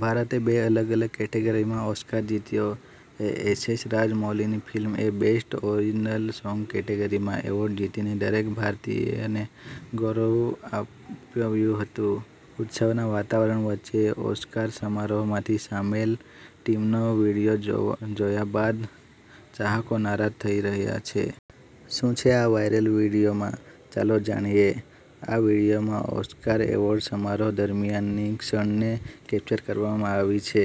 ભારતે બે અલગ-અલગ કેટેગરીમાં ઓસ્કાર જીત્યો છે. એ એસ એસ રાજામૌલીની ફિલ્મ એ બેસ્ટ ઓરિજિનલ સોંગ કેટેગરીમાં એવોર્ડ જીતીને દરેક ભારતીયને ગૌરવ અપાવ્યું હતું. ઉત્સવના વાતાવરણ વચ્ચે, ઓસ્કાર સમારોહમાંથી સામેલ ટીમનો વીડિયો જોયા બાદ ચાહકો નારાજ થઈ રહ્યા છે. શું છે આ વાયરલ વીડિયોમાં ચાલો જાણીએ. આ વિડિયોમાં ઓસ્કાર એવોર્ડ સમારોહ દરમિયાનની ક્ષણને કેપ્ચર કરવામાં આવી છે,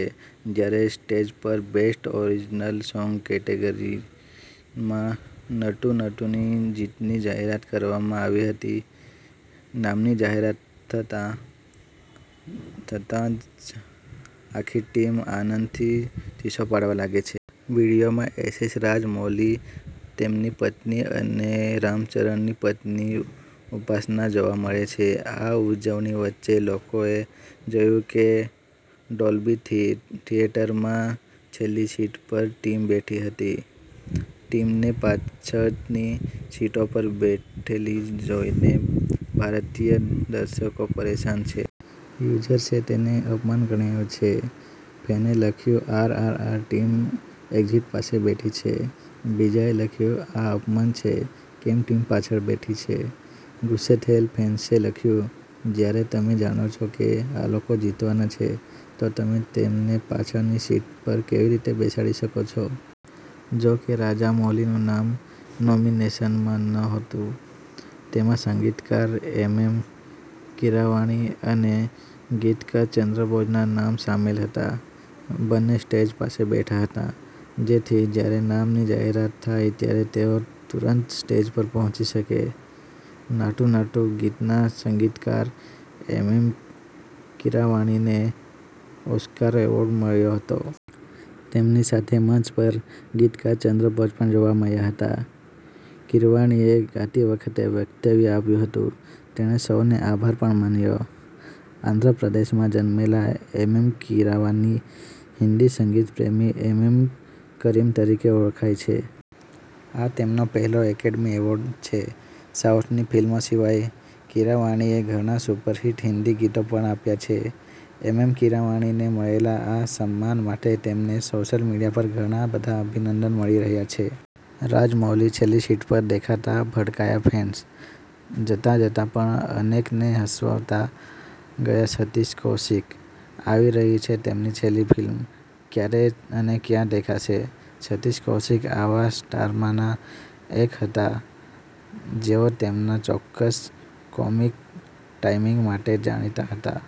જ્યારે સ્ટેજ પર બેસ્ટ ઓરિજિનલ સોંગ કેટેગરીમાં નટુ નટુની જીતની જાહેરાત કરવામાં આવી હતી. નામની જાહેરાત થતા થતાંજ આખી ટીમ આનંદથી ચીસો પાડવા લાગે છે. વીડિયોમાં એસએસ રાજામૌલી, તેમની પત્ની અને રામચરણની પત્ની ઉપાસના જોવા મળે છે. આ ઉજવણી વચ્ચે લોકોએ જોયું કે ડોલ્બી થી થિયેટરમાં છેલ્લી સીટ પર ટીમ બેઠી હતી. ટીમને પાછળની સીટો પર બેઠેલી જોઈને ભારતીય દર્શકો પરેશાન છે. યુઝર્સે તેને અપમાન ગણાવ્યો છે. તેને લખ્યું- R R R team exit પાસે બેઠી છે. બીજાએ લખ્યું- આ અપમાન છે, કેમ ટીમ પાછળ બેઠી છે. ગુસ્સે થયેલ ફેન્સે લખ્યું- જ્યારે તમે જાણો છો કે આ લોકો જીતવાના છે, તો તમે તેમને પાછળની સીટ પર કેવી રીતે બેસાડી શકો છો? જોકે રાજામૌલીનું નામ નોમિનેશનમાં નહોતું. તેમાં સંગીતકાર એમએમ કીરાવાણી અને ગીતકાર ચંદ્રબોઝના નામ સામેલ હતા. બંને સ્ટેજ પાસે બેઠા હતા. જેથી જ્યારે નામની જાહેરાત થાય ત્યારે તેઓ તુરંત સ્ટેજ પર પહોંચી શકે. નાટુ નાટુ ગીતના સંગીતકાર એમએમ કીરાવાણીને ઓસ્કાર એવોર્ડ મળ્યો હતો. તેમની સાથે મંચ પર ગીતકાર ચંદ્ર બોઝ પણ જોવા મળ્યા હતા. કીરવાણીએ ગાતી વખતે વક્તવ્ય આપ્યું હતું. તેણે સૌનો આભાર પણ માન્યો. આંધ્ર પ્રદેશમાં જન્મેલા એમએમ કીરાવાની હિન્દી સંગીત પ્રેમી એમએમ કરીમ તરીકે ઓળખાય છે. આ તેમનો પહેલો એકેડમી એવોર્ડ છે. સાઉથની ફિલ્મો સિવાય કીરાવાણીએ ઘણા સુપરહિટ હિન્દી ગીતો પણ આપ્યા છે. એમએમ કીરાવાણીને મળેલા આ સન્માન માટે તેમને સોશિયલ મીડિયા પર ઘણા બધા અભિનંદન મળી રહ્યા છે. રાજમૌલી છેલ્લી સીટ પર દેખાતા ભડક્યા ફેન્સ. જતા-જતા પણ અનેકને હસાવતા ગયા સતીષ કૌશિક! આવી રહી છે તેમની છેલ્લી ફિલ્મ- ક્યારે અને ક્યાં દેખાશે? સતીશ કૌશિક આવા સ્ટાર્સમાંના એક હતા જેઓ તેમના ચોક્કસ કોમિક ટાઇમિંગ માટે જાણીતા હતા.